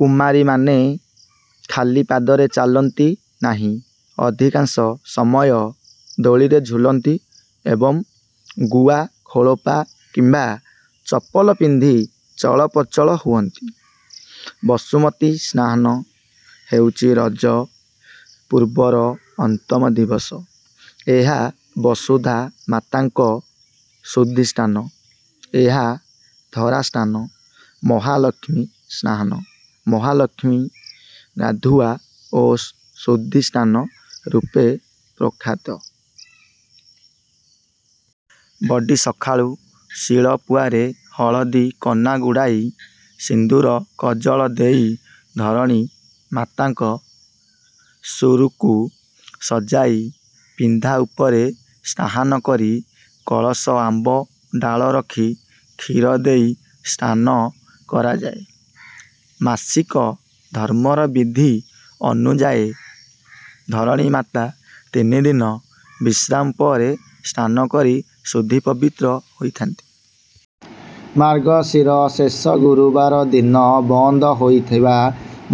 କୁମାରୀମାନେ ଖାଲି ପାଦରେ ଚାଲନ୍ତି ନାହିଁ, ଅଧିକାଂଶ ସମୟ ଦୋଳିରେ ଝୁଲନ୍ତି ଏବଂ ଗୁଆ ଖୋଳପା କିମ୍ବା ଚପଲ ପିନ୍ଧି ଚଳପ୍ରଚଳ ହୁଅନ୍ତି। ବସୁମତୀ ସ୍ନାନ ହେଉଛି ରଜ ପର୍ବର ଅନ୍ତିମ ଦିବସ। ଏହା ବସୁଧାମାତାଙ୍କ ଶୁଦ୍ଧ ସ୍ନାନ। ଏହା ଧରାସ୍ନାନ, ମହାଲକ୍ଷ୍ମୀ ସ୍ନାନ, ମହାଲକ୍ଷ୍ମୀ ଗାଧୁଆ ଓ ଶୁଦ୍ଧ ସ୍ନାନ ରୂପେ ପ୍ରଖ୍ୟାତ। ବଡ଼ି ସକାଳୁ ଶିଳପୁଆରେ ହଳଦୀ କନା ଗୁଡ଼ାଇ ସିନ୍ଦୂର, କଜଳ ଦେଇ ଧରଣୀ ମାତାଙ୍କ ସ୍ୱରୂକୁ ସଜାଇ ପିଢ଼ା ଉପରେ ସ୍ଥାପନା କରି କଳସ ଆମ୍ବ ଡ଼ାଳ ରଖି କ୍ଷୀର ଦେଇ ସ୍ନାନ କରାଯାଏ। ମାସିକ ଧର୍ମର ବିଧି ଅନୁଯାୟୀ ଧରଣୀ ମାତା ତିନିଦିନ ବିଶ୍ରାମ ପରେ ସ୍ନାନ କରି ଶୁଦ୍ଧ ପବିତ୍ର ହୋଇଥା'ନ୍ତି। ମାର୍ଗଶୀର ଶେଷ ଗୁରୁବାର ଦିନ ବନ୍ଦ ହୋଇଥିବା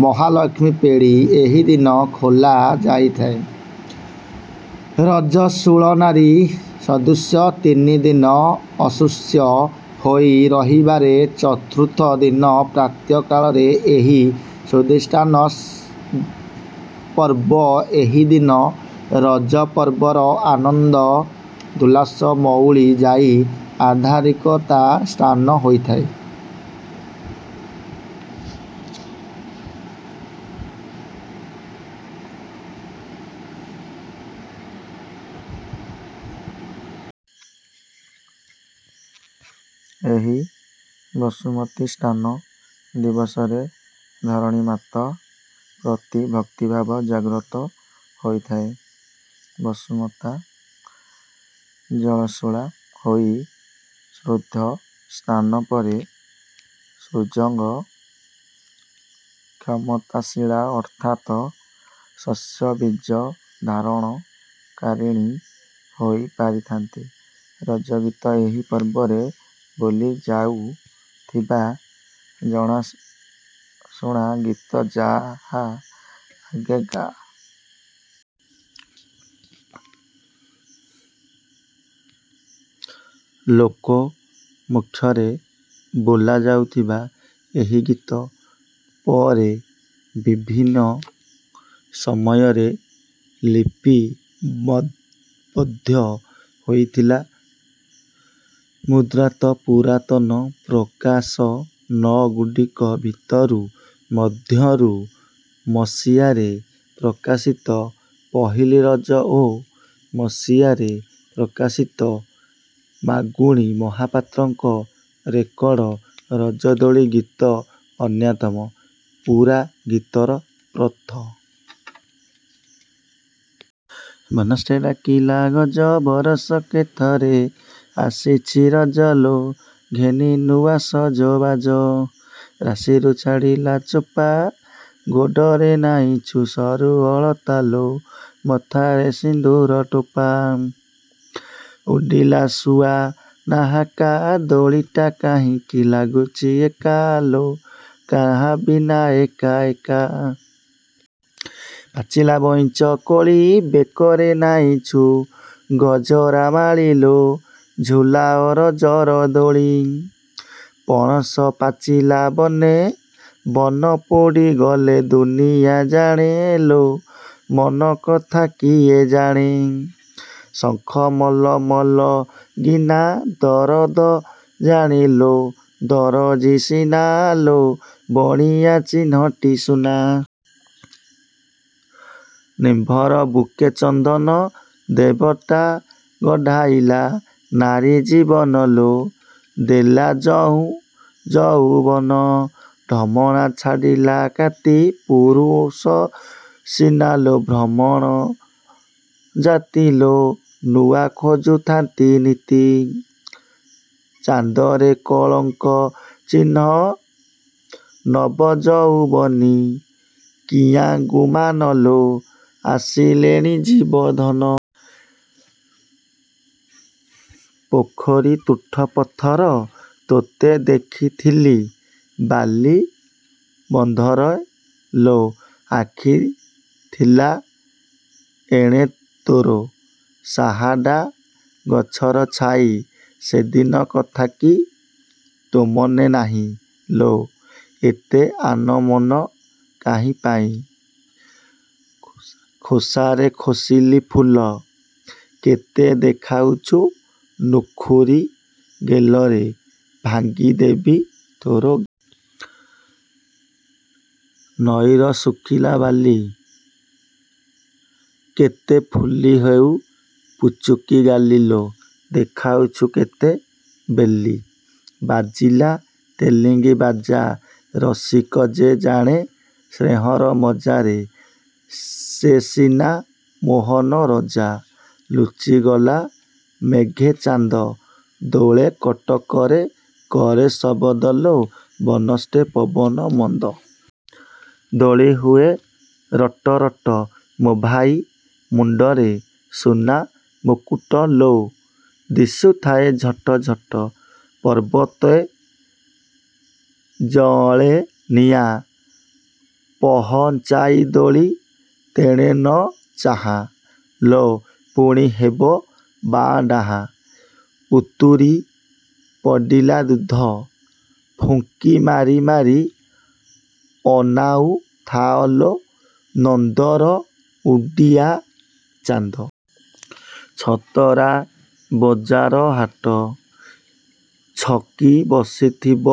ମହାଲକ୍ଷ୍ମୀ ପେଡ଼ି ଏହି ଦିନ ଖୋଲାଯାଇଥାଏ। ରଜସ୍ୱଳାନାରୀ ସଦୃଶ ତିନିଦିନ ଅସ୍ପୃଶ୍ୟ ହୋଇ ରହିବାପରେ ଚତୁର୍ଥ ଦିନ ପ୍ରାତଃ କାଳରେ ଏହି ଶୁଦ୍ଧ ସ୍ନାନ ପର୍ବ। ଏହି ଦିନ ରଜପର୍ବର ଆନନ୍ଦ ଉଲ୍ଲାସ ମଉଳି ଯାଇ ଆଧ୍ୟାତ୍ମିକତା ସ୍ଥାନ ନେଇଥାଏ। ଏହି ବସୁମତୀ ସ୍ନାନ ଦିବସରେ ଧରଣୀ ମାତା ପ୍ରତି ଭକ୍ତିଭାବ ଜାଗ୍ରତ ହୋଇଥାଏ। ବସୁମାତା ରଜସ୍ୱଳା ହୋଇ ଶୁଦ୍ଧସ୍ନାନ ପରେ ସୃଜନ କ୍ଷମତାଶୀଳା ଅର୍ଥାତ ଶସ୍ୟ ବୀଜ ଧାରଣକାରିଣୀ ହୋଇପାରିଥାନ୍ତି। ରଜଗୀତ ଏହି ପର୍ବରେ ବୋଲା ଯାଉଥିବା ଜଣାଶୁଣା ଗୀତ ଯାହା ଆଗେ ଗାଆଁଗହଳିରେ ଜନ୍ମ ନେଇଥିଲା। ଲୋକ ମୁଖରେ ବୋଲାଯାଉଥିବା ଏହି ଗୀତ ପରେ ବିଭିନ୍ନ ସମୟରେ ଲିପିବଦ୍ଧ ହୋଇଥିଲା। ମୁଦ୍ରିତ ପୁରାତନ ପ୍ରକାଶନଗୁଡ଼ିକ ଭିତରୁ ମଧ୍ୟରୁ ମସିହାରେ ପ୍ରକାଶିତ ପହିଲି ରଜ ଓ ମସିହାରେ ପ୍ରକାଶିତ ମାଗୁଣୀ ମହାପାତ୍ରଙ୍କ ରେକର୍ଡ ରଜଦୋଳି ଗୀତ ଅନ୍ୟତମ। ପୂରା ଗୀତର ପ୍ରଥମ ପଙ୍କ୍ତି ଜଣାଶୁଣା: " ବନସ୍ତେ ଡାକିଲା ଗଜ, ବରଷକେ ଥରେ ଆସିଛି ରଜ ଲୋ, ଘେନି ନୂଆ ସଜବାଜ "। ବନସ୍ତେ ଡାକିଲା ଗଜ, ବରଷକେ ଥରେ ଆସିଛି ରଜ ଲୋ, ଘେନି ନୂଆ ସଜବାଜ। ରାଶିରୁ ଛାଡ଼ିଲା ଚୋପା, ଗୋଡ଼ରେ ନାଇଛୁ ସରୁ ଅଳତା ଲୋ, ମଥାରେ ସିନ୍ଦୂର ଟୋପା। ଉଡ଼ିଲା ଶୁଆ ନାହାକା, ଦୋଳିଟା କାହିଁକି ଲାଗୁଛି ଏକା ଲୋ, କାହା ବିନା ଏକା ଏକା। ପାଚିଲା ଭଇଁଚ କୋଳି, ବେକରେ ନାଇଚି ଗଜରା ମାଳି ଲୋ, ଝୁଲାଅ ରଜର ଦୋଳି। ପଣସ ପାଚିଲା ବନେ, ବନ ପୋଡ଼ିଗଲେ ଦୁନିଆ ଜାଣେ ଲୋ, ମନକଥା କିଏ ଜାଣେ। ଶଙ୍ଖ ମଲମଲ ଗିନା, ଦରଦ ଜାଣେଲୋ ଦରଦୀ ସିନା ଲୋ, ବଣିଆ ଚିହ୍ନେଟି ସୁନା। ନିମ୍ବର ବୁକେ ଚନ୍ଦନ, ଦେବତା ଗଢ଼ାଇଲା ନାରୀ ଜୀବନ ଲୋ, ଦେଲା ତହିଁ ଯଉବନ। ଢମଣା ଛାଡ଼ିଲା କାତି, ପୁରୁଷ ସିନାଲୋ ଭ୍ରମର ଜାତି ଲୋ, ନୂଆ ଖୋଜୁଥାନ୍ତି ନିତି। ଚାନ୍ଦରେ କଳଙ୍କ ଚିହ୍ନ, ନବ ଯଉବନି କିଆଁ ଗୁମାନ ଲୋ, ଆସିଲେଣି ଜୀବ ଧନ। ପୋଖରୀ ତୁଠ ପଥର, ତତେ ଦେଖିଥିଲି ବାଲି ବନ୍ଧରେ ଲୋ, ଆଖି ଥିଲା ଏଣେ ତୋର। ସାହାଡ଼ା ଗଛର ଛାଇ, ସେଦିନ କଥାକି ତୋ ମନେ ନାଇଁ ଲୋ, ଏତେ ଆନମନା କାହିଁପାଇଁ। ଖୋସାରେ ଖୋସିଲି ଫୁଲ, କେତେ ଦେଖାଉଛୁ ନୁଖୁରା ଗେଲରେ, ଭାଙ୍ଗି ଦେବି ତୋର ଗାଲ। ନଈର ଶୁଖିଲା ବାଲି, କେତେ ଫୁଲି ହେଉ ପୁଚୁକିଗାଲି ଲୋ, ଦେଖାଉଛୁ କେତେ ବେଲି। ବାଜିଲା ତେଲିଙ୍ଗି ବାଜା, ରସିକ ଯେ ଜାଣେ ସ୍ନେହର ମଜା ରେ, ସେ ସିନା ମୋମନ ରଜା। ଲୁଚିଗଲା ମେଘେ ଚାନ୍ଦ, ଦୋଳି କଟକଟ କରେ ଶବଦ ଲୋ, ବହନ୍ତେ ପବନ ମନ୍ଦ। ଦୋଳି ହୁଏ ରଟରଟ, ମୋ ଭାଇ ମୁଣ୍ଡରେ ସୁନା ମୁକୁଟ ଲୋ, ଦିଶୁଥାଏ ଝଟଝଟ। ପରବତେ ଜଳେ ନିଆଁ, ପହଞ୍ଚାଇ ଦୋଳି ତେଣେ ନ ଚାହାଁ ଲୋ, ପୁଣି ହେବ ବାଆଁ ଡାଁ। ଉତୁରି ପଡ଼ିଲା ଦୁଧ, ଉଙ୍କି ମାରି ମାରି ଅନାଉ ଥାଏ ଲୋ, ନନ୍ଦର ଉଦିଆ ଚାନ୍ଦ। ଛତରା ବଜାର ହାଟ, ଛକି ବସିଥିବ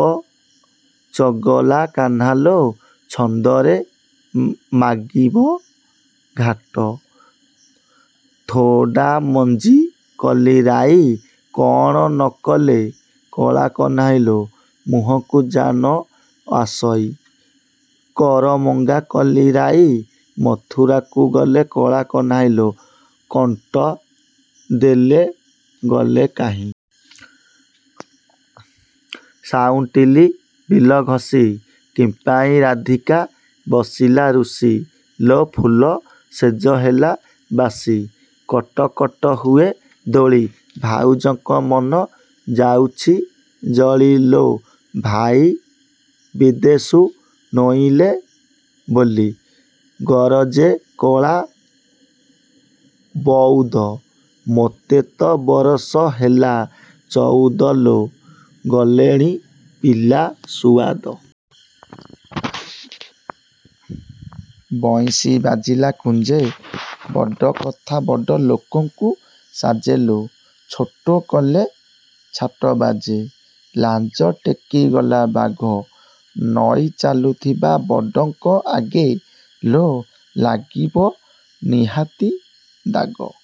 ଚଗଲା କାହ୍ନୁଲୋ, ଛନ୍ଦରେ ମାଗିବ ଘାଟ। ଥୋଡ଼ମଞ୍ଜା କଲି ରାଇ, କଣ ନ କଲେ କଳା କହ୍ନାଇ ଲୋ, ମୁହଁକୁ ଯା ନ ଅନାଇ। କରମଙ୍ଗା କଲି ରାଇ, ମଥୁରାକୁ ଗଲେ କଳା କହ୍ନାଇ ଲୋ, କଣ୍ଟ ଦେଇ ଗଲେ କାହିଁ। ସାଉଁଟିଲି ବିଲ ଘଷି, କିମ୍ପାଇଁ ରାଧିକା ବସିଲା ରୁଷି ଲୋ, ଫୁଲ ଶେଜ ହେଲା ବାସି। କଟକଟ ହୁଏ ଦୋଳି, ଭାଉଜଙ୍କ ମନ ଯାଇଛି ଜଳି ଲୋ, ଭାଇ ବିଦେଷୁ ନଇଁଲେ ବୋଲି। ଗରଜେ କଳା ବଉଦ, ମୋତେ ତ ବରଷ ହେଲା ଚଉଦ ଲୋ, ଗଲାଣି ପିଲା ସୁଆଦ। ବଇଁଶୀ ବାଜିଲା କୁଞ୍ଜେ, ବଡ଼କଥା ବଡ଼ ଲୋକଙ୍କୁ ସାଜେ ଲୋ, ଛୋଟ କଲେ ଛାଟ ବାଜେ। ଲାଞ୍ଜ ଟେକିଗଲା ବାଘ, ନଇଁ ଚାଲୁଥିବ ବଡ଼ଙ୍କ ଆଗେ ଲୋ, ଲାଗିବ ନାହିଁଟି ଦାଗ।